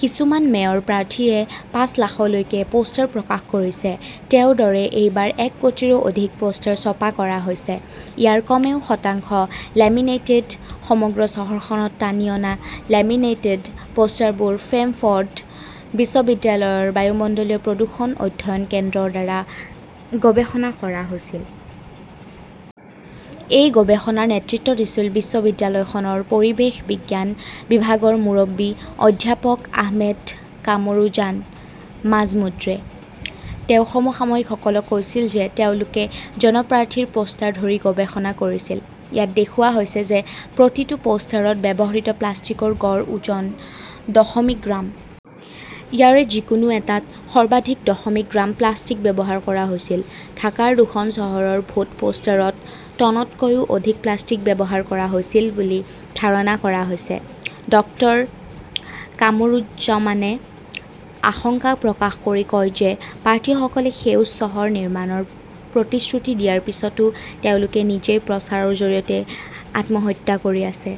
কিছুমান মেয়ৰ প্ৰাৰ্থীয়ে পাঁচ লাখলৈকে পোষ্টাৰ প্ৰকাশ কৰিছে। তেওঁৰ দৰে, এইবাৰ এক কোটিৰো অধিক পোষ্টাৰ ছপা কৰা হৈছে। ইয়াৰ কমেও শতাংশ লেমিনেটেড। সমগ্ৰ চহৰখনত টানি অনা লেমিনেটেড পোষ্টাৰবোৰ ষ্টেমফৰ্ড বিশ্ববিদ্যালয়ৰ বায়ুমণ্ডলীয় প্ৰদূষণ অধ্যয়ন কেন্দ্ৰ ৰ দ্বাৰা গৱেষণা কৰা হৈছিল। এই গৱেষণাৰ নেতৃত্ব দিছিল বিশ্ববিদ্যালয়খনৰ পৰিৱেশ বিজ্ঞান বিভাগৰ মুৰব্বী অধ্যাপক আহমেদ কামৰুজান মাজমুদ্ৰে। তেওঁ সমসাময়িকসকলক কৈছিল যে তেওঁলোকে জন প্ৰাৰ্থীৰ পোষ্টাৰ ধৰি গৱেষণা কৰিছিল। ইয়াত দেখুওৱা হৈছে যে প্ৰতিটো পোষ্টাৰত ব্যৱহৃত প্লাষ্টিকৰ গড় ওজন দশমিক গ্ৰাম। ইয়াৰে যিকোনো এটাত সৰ্বাধিক দশমিক গ্ৰাম প্লাষ্টিক ব্যৱহাৰ কৰা হৈছিল। ঢাকাৰ দুখন চহৰৰ ভোট পোষ্টাৰত টনতকৈও অধিক প্লাষ্টিক ব্যৱহাৰ কৰা হৈছিল বুলি ধাৰণা কৰা হৈছে। ডক্টৰ কামৰুজ্জমানে আশংকা প্ৰকাশ কৰি কয় যে প্ৰাৰ্থীসকলে সেউজ চহৰ নিৰ্মাণৰ প্ৰতিশ্ৰুতি দিয়াৰ পিছতো তেওঁলোকে নিজেই প্ৰচাৰৰ জৰিয়তে আত্মহত্যা কৰি আছে।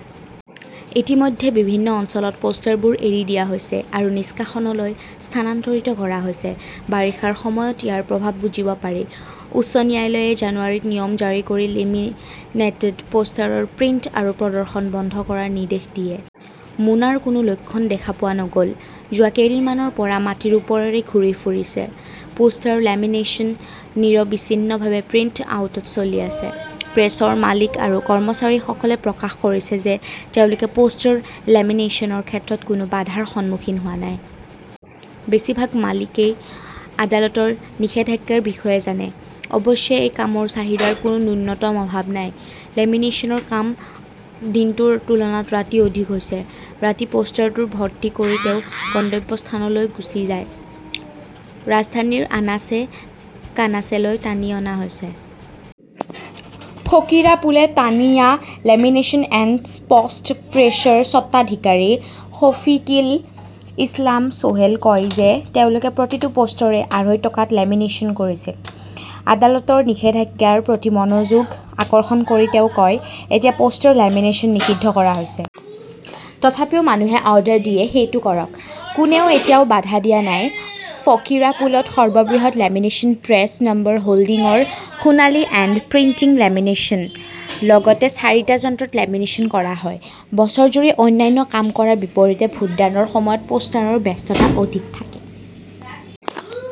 ইতিমধ্যে বিভিন্ন অঞ্চলত পোষ্টাৰবোৰ এৰি দিয়া হৈছে আৰু নিষ্কাশনলৈ স্থানান্তৰিত কৰা হৈছে। বাৰিষাৰ সময়ত ইয়াৰ প্ৰভাৱ বুজিব পাৰি। উচ্চ ন্যায়ালয়ে জানুৱাৰীত নিয়ম জাৰি কৰি লেমিনেটেড পোষ্টাৰৰ প্ৰিণ্ট আৰু প্ৰদৰ্শন বন্ধ কৰাৰ নিৰ্দেশ দিয়ে। মোনাৰ কোনো লক্ষণ দেখা পোৱা নগ’ল। যোৱা কেইদিনমানৰ পৰা মাটিৰ ওপৰেৰে ঘূৰি ফুৰিছে, পোষ্টৰ লেমিনেশ্যন নিৰবিচ্ছিন্নভাৱে প্ৰিণ্ট আউটত চলি আছে। প্ৰেছৰ মালিক আৰু কৰ্মচাৰীসকলে প্ৰকাশ কৰিছে যে তেওঁলোকে পোষ্টাৰ লেমিনেচনৰ ক্ষেত্ৰত কোনো বাধাৰ সন্মুখীন হোৱা নাই। বেছিভাগ মালিকই আদালতৰ নিষেধাজ্ঞাৰ বিষয়ে জানে। অৱশ্যে, এই কামৰ চাহিদাৰ কোনো ন্যূনতম অভাৱ নাই। লেমিনেচনৰ কাম দিনটোৰ তুলনাত ৰাতি অধিক হৈছে। ৰাতি পোষ্টাৰটো ভৰ্তি কৰি তেওঁ গন্তব্যস্থানলৈ গুচি যায়। ৰাজধানীৰ আনাচে-কানাচেলৈ টানি অনা হৈছে।, ফকীৰাপুলে তানিয়া লেমিনেচন এণ্ড স্পট প্ৰেছৰ স্বত্বাধিকাৰী শফিকিল ইছলাম চোহেলে কয় যে তেওঁলোকে প্ৰতিটো পোষ্টাৰে আঢ়ৈ টকাত লেমিনেচন কৰিছিল। আদালতৰ নিষেধাজ্ঞাৰ প্ৰতি মনোযোগ আকৰ্ষণ কৰি তেওঁ কয়, এতিয়া পোষ্টাৰ লেমিনেচন নিষিদ্ধ কৰা হৈছে। তথাপিও মানুহে অৰ্ডাৰ দিয়ে, সেইটো কৰক। কোনেও এতিয়াও বাধা দিয়া নাই। 'ফকীৰাপুলত সৰ্ববৃহৎ লেমিনেচন প্ৰেছ নম্বৰ হোল্ডিংৰ' সোণালী এণ্ড প্ৰিণ্টিং লেমিনেচন । লগতে চাৰিটা যন্ত্ৰত লেমিনেচন কৰা হয়। বছৰজুৰি অন্যান্য কাম কৰাৰ বিপৰীতে ভোটদানৰ সময়ত পোষ্টাৰৰ ব্যস্ততা অধিক থাকে।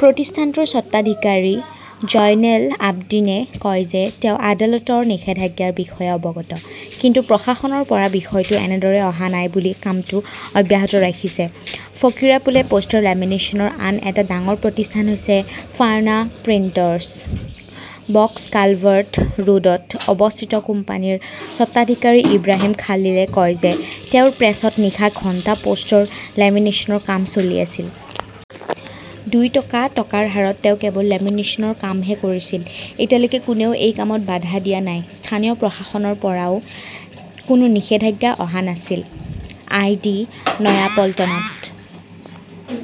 প্ৰতিষ্ঠানটোৰ স্বত্বাধিকাৰী জয়নেল আবদীনে কয় যে তেওঁ আদালতৰ নিষেধাজ্ঞাৰ বিষয়ে অৱগত। কিন্তু প্ৰশাসনৰ পৰা বিষয়টো এনেদৰে অহা নাই বুলি কামটো অব্যাহত ৰাখিছে। ফকীৰাপুলে পোষ্টাৰ লেমিনেচনৰ আন এটা ডাঙৰ প্ৰতিষ্ঠান হৈছে ফাৰ্না প্ৰিণ্টাৰ্ছ। বক্স কালভাৰ্ট ৰোডত অৱস্থিত কোম্পানীটোৰ স্বত্বাধিকাৰী ইব্ৰাহিম খালিলে কয় যে তেওঁৰ প্ৰেছত নিশা ঘণ্টা পোষ্টাৰ লেমিনেচনৰ কাম চলি আছিল। দুই টকা টকাৰ হাৰত তেওঁ কেৱল লেমিনেচনৰ কামহে কৰিছিল। এতিয়ালৈকে কোনেও এই কামত বাধা দিয়া নাই। স্থানীয় প্ৰশাসনৰ পৰাও কোনো নিষেধাজ্ঞা অহা নাছিল। আই. ডি. নয়াপল্টনত